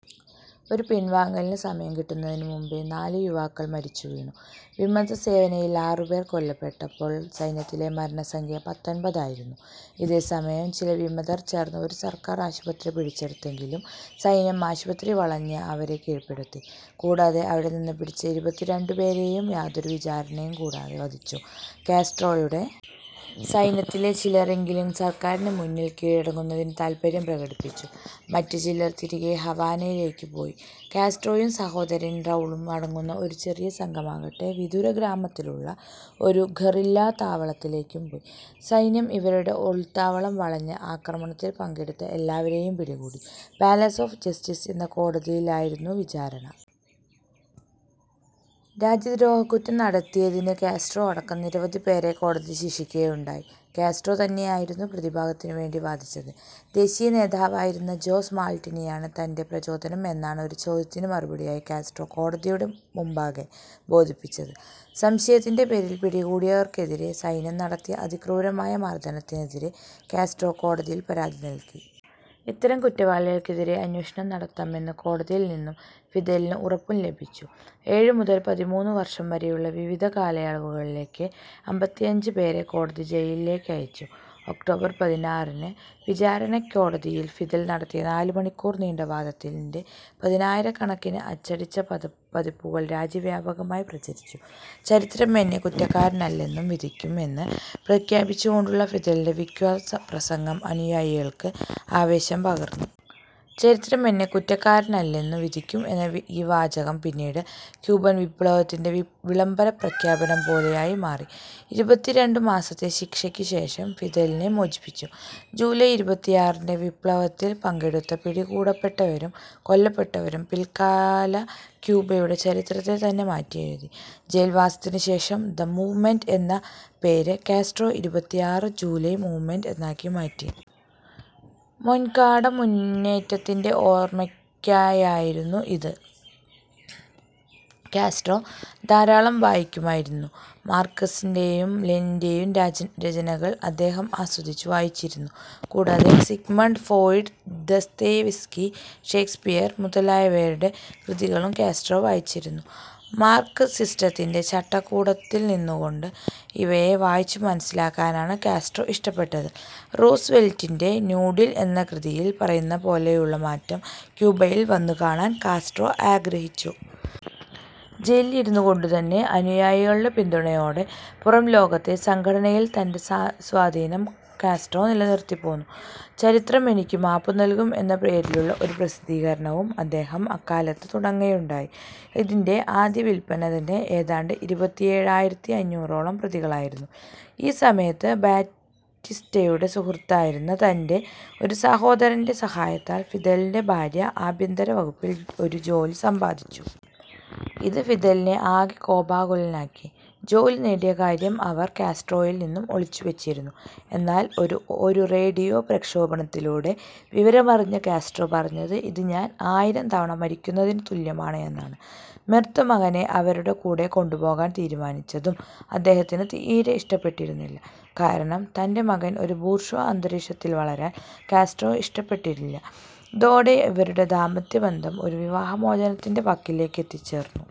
ഒരു പിൻവാങ്ങലിനു സമയം കിട്ടുന്നതിനു മുമ്പേ നാലു യുവാക്കൾ മരിച്ചു വീണു. വിമതസേനയിലെ ആറുപേർ കൊല്ലപ്പെട്ടപ്പോൾ സൈന്യത്തിലെ മരണസംഖ്യ പത്തൊൻപതായിരുന്നു. ഇതേസമയം ചില വിമതർ ചേർന്ന് ഒരു സർക്കാർ ആശുപത്രി പിടിച്ചെടുത്തെങ്കിലും സൈന്യം ആശുപത്രി വളഞ്ഞ് അവരെ കീഴ്പ്പെടുത്തി. കൂടാതെ അവിടെനിന്ന് പിടിച്ച ഇരുപത്തിരണ്ടുപേരെയും യാതൊരു വിചാരണയും കൂടാതെ വധിച്ചു. കാസ്ട്രോയുടെ സൈന്യത്തിലെ ചിലരെങ്കിലും സർക്കാരിനു മുന്നിൽ കീഴടങ്ങുന്നതിന് താൽപര്യം പ്രകടിപ്പിച്ചു. മറ്റു ചിലർ തിരികെ ഹവാനയിലേക്ക് പോയി. കാസ്ട്രോയും സഹോദരൻ റൗളും അടങ്ങുന്ന ഒരു ചെറിയ സംഘമാകട്ടെ വിദൂരഗ്രാമത്തിലുള്ള ഒരു ഗറില്ലാതാവളത്തിലേക്കും പോയി. സൈന്യം ഇവരുടെ ഒളിത്താവളം വളഞ്ഞ് ആക്രമണത്തിൽ പങ്കെടുത്ത എല്ലാവരേയും പിടികൂടി. പാലസ് ഓഫ് ജസ്റ്റീസ് എന്ന കോടതിയിലായിരുന്നു വിചാരണ. രാജ്യദ്രോഹക്കുറ്റം നടത്തിയതിന് കാസ്ട്രോ അടക്കം നിരവധി പേരെ കോടതി ശിക്ഷിക്കുകയുണ്ടായി. കാസ്ട്രോ തന്നെയായിരുന്നു പ്രതിഭാഗത്തിനു വേണ്ടി വാദിച്ചത്. ദേശീയ നേതാവായിരുന്ന ജോസ് മാർട്ടിനിയാണ് തന്റെ പ്രചോദനം എന്നാണ് ഒരു ചോദ്യത്തിനു മറുപടിയായി കാസ്ട്രോ കോടതിയോട് മുമ്പാകെ ബോധിപ്പിച്ചത്. സംശയത്തിന്റെ പേരിൽ പിടികൂടിയവർക്കെതിരേ സൈന്യം നടത്തിയ അതിക്രൂരമായ മർദ്ദനത്തിനെതിരേ കാസ്ട്രോ കോടതിയിൽ പരാതി നൽകി. ഇത്തരം കുറ്റവാളികൾക്കെതിരേ അന്വേഷണം നടത്താം എന്ന് കോടതിയിൽനിന്നും ഫിദലിന് ഉറപ്പും ലഭിച്ചു. ഏഴു മുതൽ പതിമൂന്ന് വർഷം വരെയുള്ള വിവിധ കാലയളവുകളിലേക്ക് അമ്പത്തിയഞ്ച് പേരെ കോടതി ജയിലിലേക്കയച്ചു. ഒക്ടോബർ പതിനാറിന് വിചാരണക്കോടതിയിൽ ഫിദൽ നടത്തിയ നാലുമണിക്കൂർ നീണ്ട വാദത്തിന്റെ പതിനായിരക്കണക്കിന് അച്ചടിച്ച പതിപ്പുകൾ രാജ്യവ്യാപകമായി പ്രചരിച്ചു. ചരിത്രം എന്നെ കുറ്റക്കാരനല്ലെന്നു വിധിക്കും എന്ന് പ്രഖ്യാപിച്ചുകൊണ്ടുള്ള ഫിദലിന്റെ വിഖ്യാത പ്രസംഗം അനുയായികൾക്ക് ആവേശം പകർന്നു. ചരിത്രം എന്നെ കുറ്റക്കാരനല്ലെന്നു വിധിക്കും എന്ന ഈ വാചകം പിന്നീട് ക്യൂബൻ വിപ്ലവത്തിന്റെ വിളംബരപ്രഖ്യാപനം പോലെയായി മാറി. ഇരുപത്തിരണ്ടുമാസത്തെ ശിക്ഷയ്ക്കുശേഷം ഫിദലിനെ മോചിപ്പിച്ചു. ജൂലൈ ഇരുപത്തിയാറിന്റെ വിപ്ലവത്തിൽ പങ്കെടുത്ത് പിടികൂടപ്പെട്ടവരും കൊല്ലപ്പെട്ടവരും പിൽക്കാല ക്യൂബയുടെ ചരിത്രത്തെതന്നെ മാറ്റിയെഴുതി. ജയിൽവാസത്തിനുശേഷം ദ മൂവ്മെൻറെ എന്ന പേര് കാസ്ട്രോ ഇരുപത്തിയാറ് ജൂലൈ മൂവ്മെൻറെ എന്നാക്കി മാറ്റി. മൊൻകാടമുന്നേറ്റത്തിന്റെ ഓർമ്മയ്ക്കായായിരുന്നു ഇത്.കാസ്ട്രോ ധാരാളം വായിക്കുമായിരുന്നു. മാർക്സിന്റേയും ലെനിന്റേയും രചനകൾ അദ്ദേഹം ആസ്വദിച്ചു വായിച്ചിരുന്നു. കൂടാതെ സിഗ്മണ്ട് ഫോയിഡ്, ദസ്തേവ്സ്ക്കി, ഷേക്സ്പിയർ മുതലായവരുടെ കൃതികളും കാസ്ട്രോ വായിച്ചിരുന്നു. മാർക്സിസ്റ്റത്തിന്റെ ചട്ടക്കൂടിൽ നിന്നുകൊണ്ട് ഇവയെ വായിച്ചു മനസ്സിലാക്കാനാണ് കാസ്ട്രോ ഇഷ്ടപ്പെട്ടത്. റൂസ് വെൽറ്റിന്റെ ന്യൂഡീൽ എന്ന കൃതിയിൽ പറയുന്നപോലെയുള്ള മാറ്റം ക്യൂബയിൽ വന്നു കാണാൻ കാസ്ട്രോ ആഗ്രഹിച്ചു. ജയിലിലിരുന്നുകൊണ്ടുതന്നെ അനുയായികളുടെ പിന്തുണയോടെ പുറംലോകത്തെ സംഘടനയിൽ തന്റെ സ്വാധീനം കാസ്ട്രോ നിലനിർത്തിപ്പോന്നു. ചരിത്രം എനിക്കു മാപ്പു നൽകും എന്ന പേരിലുള്ള ഒരു പ്രസിദ്ധീകരണവും അദ്ദേഹം അക്കാലത്ത് തുടങ്ങുകയുണ്ടായി. ഇതിന്റെ ആദ്യ വിൽപ്പന തന്നെ ഏതാണ്ട് ഇരുപത്തിയേഴായിരത്തി അഞ്ഞൂറോളം പ്രതികളായിരുന്നു.ഈ സമയത്ത് ബാറ്റിസ്റ്റയുടെ സുഹൃത്തായിരുന്ന തന്റെ ഒരു സഹോദരന്റെ സഹായത്താൽ ഫിദലിന്റെ ഭാര്യ ആഭ്യന്തരവകുപ്പിൽ ഒരു ജോലി സമ്പാദിച്ചു. ഇത് ഫിദലിനെ ആകെ കോപാകുലനാക്കി. ജോലി നേടിയ കാര്യം അവർ കാസ്ട്രോയിൽനിന്നും ഒളിച്ചുവെച്ചിരുന്നു. എന്നാൽ ഒരു റേഡിയോ പ്രക്ഷോപണത്തിലൂടെ വിവരമറിഞ്ഞ കാസ്ട്രോ പറഞ്ഞത് ഇത് ഞാൻ ആയിരം തവണ മരിക്കുന്നതിനു തുല്യമാണ് എന്നാണ്. മിർത് മകനെ അവരുടെ കൂടെ കൊണ്ടുപോകാൻ തീരുമാനിച്ചതും അദ്ദേഹത്തിന് തീരെ ഇഷ്ടപ്പെട്ടിരുന്നില്ല. കാരണം തന്റെ മകൻ ഒരു ബൂർഷ്വാ അന്തരീക്ഷത്തിൽ വളരാൻ കാസ്ട്രോ ഇഷ്ടപ്പെട്ടിരുന്നില്ല. ഇതോടെ ഇവരുടെ ദാമ്പത്യബന്ധം ഒരു വിവാഹമോചനത്തിന്റെ വക്കിലേക്കെത്തിച്ചേർന്നു.